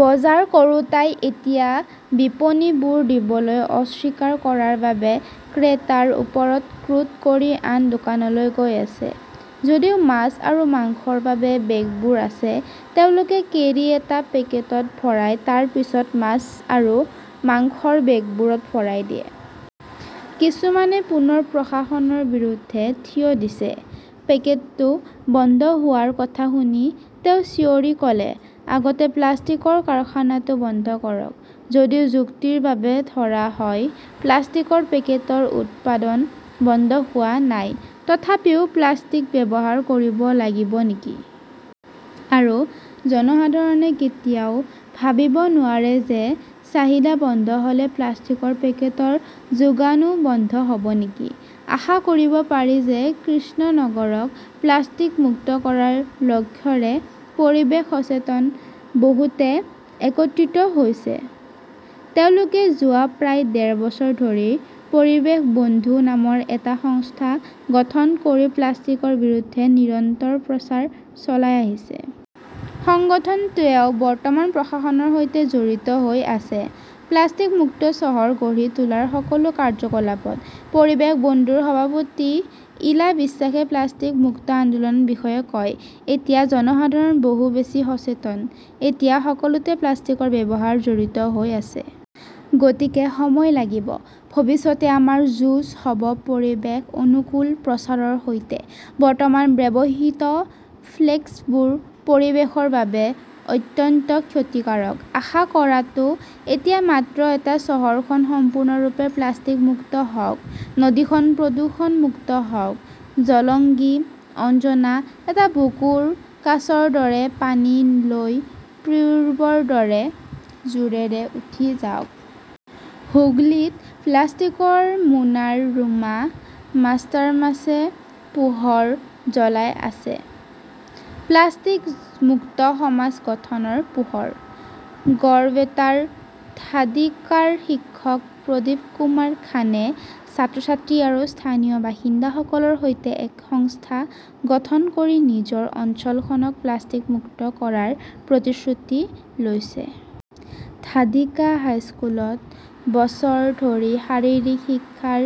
বজাৰ কৰোঁতাই এতিয়াও বিপণীবোৰ দিবলৈ অস্বীকাৰ কৰাৰ বাবে ক্ৰেতাৰ ওপৰত ক্ৰোধ কৰি আন দোকানলৈ গৈ আছে। যদিও মাছ আৰু মাংসৰ বাবে বেগবোৰ আছে, তেওঁলোকে কেৰী এটা পেকেটত ভৰাই তাৰ পিছত মাছ আৰু মাংসৰ বেগবোৰত ভৰাই দিয়ে। কিছুমানে পুনৰ প্ৰশাসনৰ বিৰুদ্ধে থিয় দিছে। পেকেটটো বন্ধ হোৱাৰ কথা শুনি তেওঁ চিঞৰি ক "লে", আগতে প্লাষ্টিকৰ কাৰখানাটো বন্ধ কৰক! "যদিও যুক্তিৰ বাবে ধৰা হয়-প্লাষ্টিকৰ পেকেটৰ উৎপাদন বন্ধ হোৱা নাই, তথাপিও প্লাষ্টিক ব্যৱহাৰ কৰিব লাগিব নেকি? আৰু জনসাধাৰণে কেতিয়াও ভাবিব নোৱাৰে যে চাহিদা বন্ধ হ "লে প্লাষ্টিকৰ পেকেটৰ যোগানও বন্ধ হ" ব নেকি? আশা কৰিব পাৰি যে কৃষ্ণনগৰক প্লাষ্টিক মুক্ত কৰাৰ লক্ষ্যৰে পৰিৱেশ সচেতন বহুতে একত্ৰিত হৈছে। তেওঁলোকে যোৱা প্ৰায় ডেৰ বছৰ ধৰি 'পৰিৱেশ বন্ধু "নামৰ এটা সংস্থা গঠন কৰি প্লাষ্টিকৰ বিৰুদ্ধে নিৰন্তৰ প্ৰচাৰ চলাই আহিছে। সংগঠনটোৱেও বৰ্তমান প্ৰশাসনৰ সৈতে জড়িত হৈ আছে, প্লাষ্টিক-মুক্ত চহৰ গঢ়ি তোলাৰ সকলো কাৰ্যকলাপত। 'পৰিৱেশ বন্ধু "ৰ সভাপতি ইলা বিশ্বাসে প্লাষ্টিক মুক্ত আন্দোলনৰ বিষয়ে কয়", এতিয়া জনসাধাৰণ বহু বেছি সচেতন। এতিয়া সকলোতে প্লাষ্টিকৰ ব্যৱহাৰ জড়িত হৈ আছে। গতিকে সময় লাগিব। ভৱিষ্যতে আমাৰ যুঁজ হ "ব পৰিৱেশ-অনুকূল প্ৰচাৰৰ সৈতে। বৰ্তমান ব্যৱহৃত ফ্লেক্সবোৰ পৰিৱেশৰ বাবে অত্যন্ত ক্ষতিকাৰক। "আশা কৰাটো এতিয়া মাত্ৰ এটা-চহৰখন সম্পূৰ্ণৰূপে প্লাষ্টিক মুক্ত হওক। নদীখন প্ৰদূষণমুক্ত হওক। জলংগী, অঞ্জনা, এটা বুকুৰ কাচৰ দৰে পানী লৈ পূৰ্বৰ দৰে জোৰেৰে উঠি যাওক। হুগলীত প্লাষ্টিকৰ মোনাৰ ৰোমা মাষ্টাৰমাছে পোহৰ জ্বলাই আছে। প্লাষ্টিক মুক্ত সমাজ গঠনৰ পোহৰ। গড়বেতাৰ ধাদিকাৰ শিক্ষক প্ৰদীপ কুমাৰ খানে ছাত্ৰ-ছাত্ৰী আৰু স্থানীয় বাসিন্দাসকলৰ সৈতে এক সংস্থা গঠন কৰি নিজৰ অঞ্চলখনক প্লাষ্টিক মুক্ত কৰাৰ প্ৰতিশ্ৰুতি লৈছে। ধাদিকা হাইস্কুলত বছৰ ধৰি শাৰীৰিক শিক্ষাৰ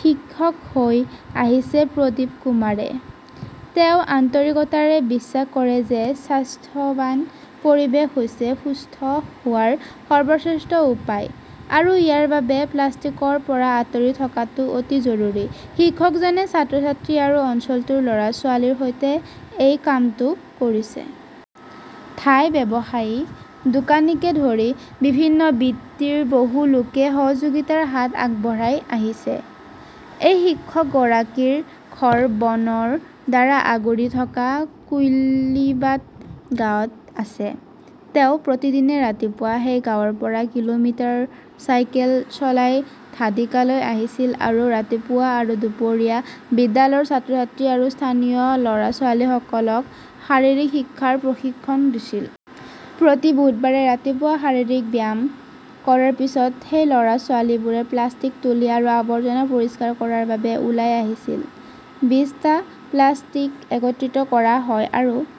শিক্ষক হৈ আহিছে প্ৰদীপ কুমাৰে। তেওঁ আন্তৰিকতাৰে বিশ্বাস কৰে যে স্বাস্থ্যৱান পৰিৱেশ হৈছে সুস্থ হোৱাৰ সৰ্বশ্ৰেষ্ঠ উপায়। আৰু ইয়াৰ বাবে প্লাষ্টিকৰ পৰা আঁতৰি থকাটো অতি জৰুৰী। শিক্ষকজনে ছাত্ৰ-ছাত্ৰী আৰু অঞ্চলটোৰ ল "ৰা-ছোৱালীৰ সৈতে এই কামটো কৰিছে। ধাই ব্যৱসায়ী, দোকানীকে ধৰি বিভিন্ন বৃত্তিৰ বহু লোকে সহযোগিতাৰ হাত আগবঢ়াই আহিছে। এই শিক্ষকগৰাকীৰ ঘৰ বনৰ দ্বাৰা আগুৰি থকা কুইলিবাদ গাঁৱত আছে। তেওঁ প্ৰতিদিনে ৰাতিপুৱা সেই গাঁৱৰ পৰা কিলোমিটাৰ চাইকেল চলাই ধাদিকালৈ আহিছিল আৰু ৰাতিপুৱা আৰু দুপৰীয়া বিদ্যালয়ৰ ছাত্ৰ-ছাত্ৰী আৰু স্থানীয় ল "ৰা-ছোৱালীসকলক শাৰীৰিক শিক্ষাৰ প্ৰশিক্ষণ দিছিল। প্ৰতি বুধবাৰে ৰাতিপুৱা শাৰীৰিক ব্যায়াম কৰাৰ পিছত, সেই ল "ৰা-ছোৱালীবোৰে প্লাষ্টিক তুলি আৰু আৱৰ্জনা পৰিষ্কাৰ কৰাৰ বাবে ওলাই আহিছিল। বিশটা প্লাষ্টিক একত্ৰিত কৰা হয় আৰু